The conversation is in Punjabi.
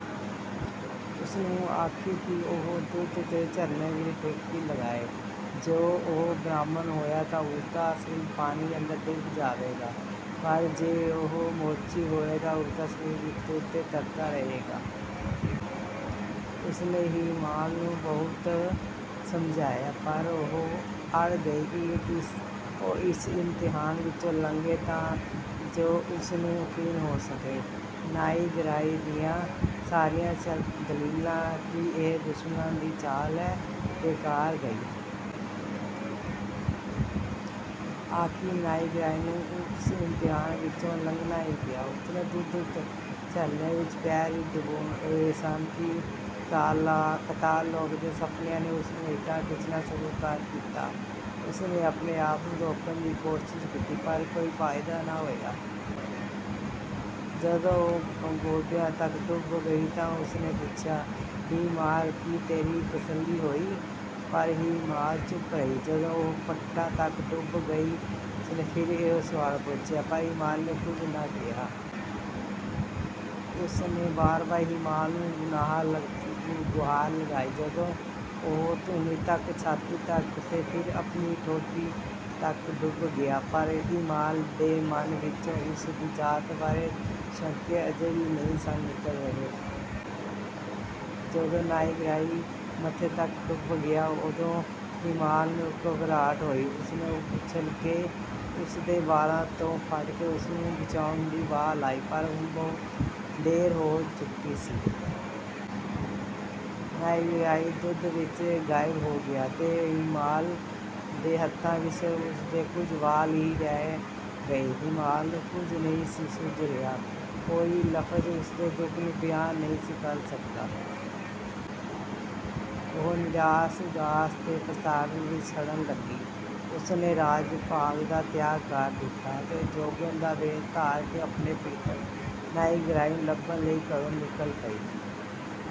ਉਸ ਨੂੰ ਆਖੀਂ ਕਿ ਉਹ ਦੁੱਧ ਦੇ ਝਰਨੇ ਵਿੱਚ ਡੁਬਕੀ ਲਗਾਏ। ਜੇ ਉਹ ਬ੍ਰਾਹਮਣ ਹੋਇਆ ਤਾਂ ਉਸ ਦਾ ਸਰੀਰ ਪਾਣੀ ਅੰਦਰ ਡੁੱਬ ਜਾਵੇਗਾ, ਪਰ ਜੇ ਉਹ ਮੋਚੀ ਹੋਇਆ ਤਾਂ ਉਸ ਦਾ ਸਰੀਰ ਉੱਤੇ-ਉੱਤੇ ਤਰਦਾ ਰਹੇਗਾ।" ਉਸ ਨੇ ਹੀਮਾਲ ਨੂੰ ਬਹੁਤ ਸਮਝਾਇਆ, ਪਰ ਉਹ ਅੜ ਗਈ ਕਿ ਉਹ ਇਸ ਇਮਤਿਹਾਨ ਵਿੱਚੋਂ ਲੰਘੇ ਤਾਂ ਜੋ ਉਸ ਨੂੰ ਯਕੀਨ ਹੋ ਸਕੇ। ਨਾਇਗ੍ਰਾਈ ਦੀਆਂ ਸਾਰੀਆਂ ਦਲੀਲਾਂ ਕਿ ਇਹ ਦੁਸ਼ਮਣਾਂ ਦੀ ਚਾਲ ਹੈ, ਬੇਕਾਰ ਗਈਆਂ। ਅਖ਼ੀਰ ਨਾਇਗ੍ਰਾਈ ਨੂੰ ਉਸ ਇਮਤਿਹਾਨ ਵਿੱਚੋਂ ਲੰਘਣਾ ਹੀ ਪਿਆ। ਉਸ ਨੇ ਦੁੱਧ ਦੇ ਝਰਨੇ ਵਿੱਚ ਪੈਰ ਹੀ ਡੁਬੋਏ ਸਨ ਕਿ ਪਤਾਲ-ਲੋਕ ਦੀਆਂ ਸੱਪਣੀਆਂ ਨੇ ਉਸ ਨੂੰ ਹੇਠਾਂ ਖਿੱਚਣਾ ਸ਼ੁਰੂ ਕਰ ਦਿੱਤਾ। ਉਸ ਨੇ ਆਪਣੇ-ਆਪ ਨੂੰ ਰੋਕਣ ਦੀ ਕੋਸ਼ਿਸ਼ ਕੀਤੀ, ਪਰ ਕੋਈ ਫ਼ਾਇਦਾ ਨਾ ਹੋਇਆ। ਜਦੋਂ ਉਹ ਗੋਡਿਆਂ ਤੱਕ ਡੁੱਬ ਗਈ ਤਾਂ ਉਸ ਨੇ ਪੁੱਛਿਆ, "ਹੀਮਾਲ, ਕੀ ਤੇਰੀ ਤਸੱਲੀ ਹੋਈ?" ਪਰ ਹੀਮਾਲ ਚੁੱਪ ਰਹੀ। ਜਦੋਂ ਉਹ ਪੱਟਾਂ ਤੱਕ ਡੁੱਬ ਗਈ, ਉਸ ਨੇ ਫਿਰ ਇਹੋ ਸਵਾਲ ਪੁੱਛਿਆ, ਪਰ ਹੀਮਾਲ ਨੇ ਕੁਝ ਨਾ ਕਿਹਾ। ਉਸ ਨੇ ਵਾਰ-ਵਾਰ ਹੀਮਾਲ ਨੂੰ ਗੁਹਾਰ ਲਗਾਈ ਜਦੋਂ ਉਹ ਧੁੰਨੀ ਤੱਕ, ਛਾਤੀ ਤੱਕ, ਤੇ ਫਿਰ ਆਪਣੀ ਠੋਡੀ ਤੱਕ ਡੁੱਬ ਗਿਆ। ਪਰ ਹੀਮਾਲ ਦੇ ਮਨ ਵਿੱਚੋਂ ਉਸ ਦੀ ਜਾਤ ਬਾਰੇ ਸ਼ੰਕੇ ਅਜੇ ਵੀ ਨਹੀਂ ਸਨ ਨਿਕਲ ਰਹੇ। ਜਦੋਂ ਨਾਇਗ੍ਰਾਈ ਮੱਥੇ ਤੱਕ ਡੁੱਬ ਗਿਆ, ਉਦੋਂ ਹੀਮਾਲ ਨੂੰ ਘਬਰਾਹਟ ਹੋਈ। ਉਸ ਨੇ ਉੱਛਲ ਕੇ ਉਸ ਦੇ ਵਾਲਾਂ ਤੋਂ ਫੜ ਕੇ ਉਸ ਨੂੰ ਬਚਾਉਣ ਦੀ ਵਾਹ ਲਾਈ, ਪਰ ਹੁਣ ਬਹੁਤ ਦੇਰ ਹੋ ਚੁੱਕੀ ਸੀ! ਨਾਇਗ੍ਰਾਈ ਦੁੱਧ ਵਿੱਚ ਗਾਇਬ ਹੋ ਗਿਆ ਤੇ ਹੀਮਾਲ ਦੇ ਹੱਥਾਂ ਵਿੱਚ ਸਿਰਫ਼ ਉਸ ਦੇ ਕੁਝ ਵਾਲ ਹੀ ਰਹਿ ਗਏ। ਹੀਮਾਲ ਨੂੰ ਕੁਝ ਨਹੀਂ ਸੀ ਸੁੱਝ ਰਿਹਾ। ਕੋਈ ਲਫ਼ਜ਼ ਉਸ ਦੇ ਦੁੱਖ ਨੂੰ ਬਿਆਨ ਨਹੀਂ ਸੀ ਕਰ ਸਕਦਾ। ਉਹ ਨਿਰਾਸ਼, ਉਦਾਸ ਤੇ ਪਛਤਾਵੇ ਵਿੱਚ ਸੜਨ ਲੱਗੀ। ਉਸ ਨੇ ਰਾਜ-ਭਾਗ ਦਾ ਤਿਆਗ ਕਰ ਦਿੱਤਾ ਅਤੇ ਜੋਗਣ ਦਾ ਵੇਸ ਧਾਰ ਕੇ ਆਪਣੇ ਪ੍ਰੀਤਮ ਨਾਇਗ੍ਰਾਈ ਨੂੰ ਲੱਭਣ ਲਈ ਘਰੋਂ ਨਿਕਲ ਪਈ।